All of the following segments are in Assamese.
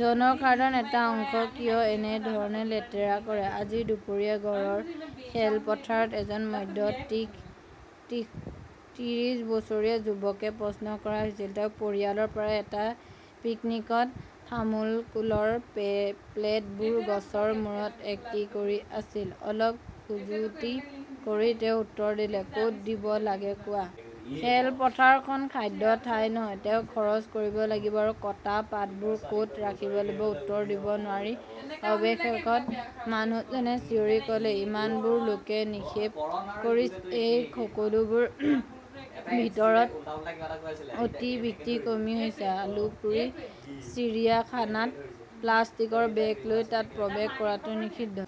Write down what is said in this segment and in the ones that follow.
জনসাধাৰণৰ এটা অংশ কিয় এনে ধৰণে লেতেৰা কৰে? আজি দুপৰীয়া গড়ৰ খেলপথাৰত এজন মধ্য ত্ৰিশ বছৰীয়া যুৱকক প্ৰশ্ন কৰা হৈছিল। তেওঁ পৰিয়ালৰ পৰা এটা পিকনিকত থাৰ্মোকোলৰ প্লেটবোৰ গছৰ মূৰত একত্ৰিত কৰি আছিল। অলপ খজুৱতি কৰি তেওঁ উত্তৰ দিলে, কত দিব লাগে কোৱা? খেলপথাৰখন খাদ্যৰ ঠাই নহয়। তেওঁ খৰচ কৰিব লাগিব আৰু কটা পাতবোৰ কত ৰাখিব লাগে। উত্তৰ দিব নোৱাৰি, অৱশেষত, মানুহজনে চিঞৰি কলে, ইমানবোৰ লোকে নিক্ষেপ কৰিছে। এই সকলোবোৰৰ ভিতৰত অতি ব্যতিক্ৰমী হৈছে আলিপুৰ চিৰিয়াখানাত প্লাষ্টিকৰ বেগ লৈ তাত প্ৰৱেশ কৰাটো নিষিদ্ধ।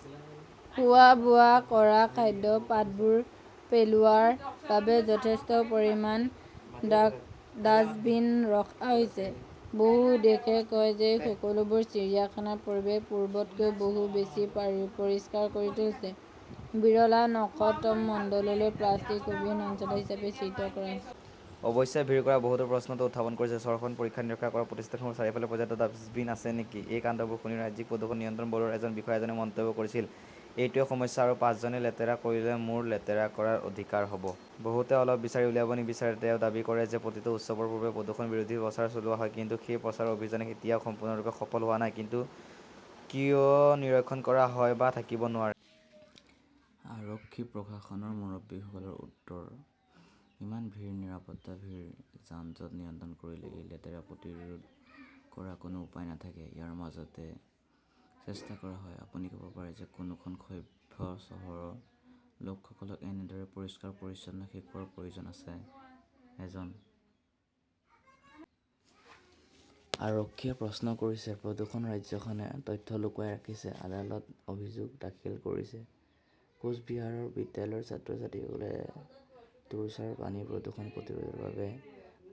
খোৱা-বোৱা কৰা খাদ্য, পাতবোৰ পেলোৱাৰ বাবে যথেষ্ট পৰিমাণৰ ডাস্টবিন ৰখা হৈছে। বহু দৰ্শকে কয় যে এই সকলোবোৰে চিৰিয়াখানা পৰিৱেশক পূৰ্বতকৈ বহু বেছি পৰিষ্কাৰ কৰি তুলিছে। বিৰলা নক্ষত্ৰমণ্ডলক প্লাষ্টিকবিহীন অঞ্চল হিচাপে চিহ্নিত কৰা হৈছে। অৱশ্যে ভিৰ কৰা বহুতে প্ৰশ্নটো উত্থাপন কৰিছে, চহৰখনৰ পৰীক্ষা-নিৰীক্ষা কৰা প্ৰতিষ্ঠানসমূহৰ চাৰিওফালে পৰ্যাপ্ত ডাম্পবিন আছে নেকি? এই কাণ্ডবোৰ শুনি ৰাজ্যিক প্ৰদূষণ নিয়ন্ত্ৰণ বৰ্ডৰ এজন বিষয়াজনে মন্তব্য কৰিছিল, এইটোৱেই সমস্যা আৰু পাঁচজনে লেতেৰা কৰিলে মোৰো লেতেৰা কৰাৰ অধিকাৰ হব! বহুতে অলপ বিচাৰি উলিয়াবলৈ নিবিচাৰে। তেওঁ দাবী কৰে যে প্ৰতিটো উৎসৱৰ পূৰ্বে প্ৰদূষণ বিৰোধী প্ৰচাৰ চলোৱা হয়। কিন্তু সেই প্ৰচাৰ অভিযান এতিয়াও সম্পূৰ্ণৰূপে সফল হোৱা নাই। কিন্তু কিয় নিৰীক্ষণ কৰা হয় বা থাকিব নোৱাৰে? আৰক্ষী-প্ৰশাসনৰ মুৰব্বীসকলৰ উত্তৰ, ইমান ভিৰ, নিৰাপত্তা, ভিৰ, যান-জঁট নিয়ন্ত্ৰণ কৰিলে এই লেতেৰা প্ৰতিৰোধ কৰাৰ কোনো উপায় নাথাকে। ইয়াৰ মাজতে চেষ্টা কৰা হয়। আপুনি কব পাৰে যে কোনখন সভ্য চহৰৰ লোকসকলক এনেদৰে পৰিষ্কাৰ-পৰিচ্ছন্নতা শিকোৱাৰ প্ৰয়োজন আছে? এজন আৰক্ষীয়ে প্ৰশ্ন কৰিছে। প্ৰদূষণ-ৰাজ্যখনে তথ্য লুকুৱাই ৰাখিছে, আদালতত অভিযোগ দাখিল কৰিছে কোচ বিহাৰৰ বিদ্যালয়ৰ ছাত্ৰ-ছাত্ৰীসকলে তোৰছাৰ পানী প্ৰদূষণ প্ৰতিৰোধৰ বাবে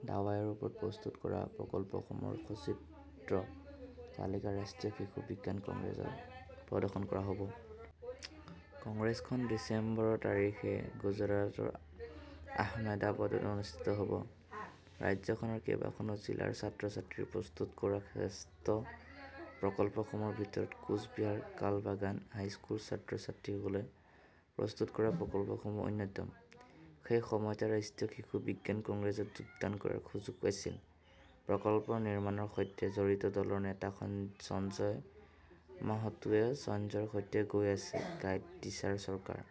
'দাৱাইৰ ওপৰত প্ৰস্তুত কৰা প্ৰকল্পসমূহৰ সচিত্ৰ তালিকা ৰাষ্ট্ৰীয় শিশু বিজ্ঞান কংগ্ৰেছত প্ৰদৰ্শন কৰা হব। কংগ্ৰেছখন ডিচেম্বৰৰ তাৰিখে গুজৰাটৰ আহমেদাবাদত অনুষ্ঠিত হ 'ব। ৰাজ্যখনৰ কেইবাখনো জিলাৰ ছাত্ৰ-ছাত্ৰীয়ে প্ৰস্তুত কৰা শ্ৰেষ্ঠ প্ৰকল্পসমূহৰ ভিতৰত কোচ বিহাৰ কালাবাগান হাইস্কুলৰ ছাত্ৰ-ছাত্ৰীসকলে প্ৰস্তুত কৰা প্ৰকল্পসমূহ অন্যতম। সেই সময়তে ৰাষ্ট্ৰীয় শিশু বিজ্ঞান কংগ্ৰেছত যোগদান কৰাৰ সুযোগ পাইছিল প্ৰকল্প নিৰ্মাণৰ সৈতে জড়িত দলৰ নেতা সঞ্জয় মাহাতোৱে। সঞ্জয়ৰ সৈতে গৈ আছে 'গাইড টিচাৰ চৰকাৰ।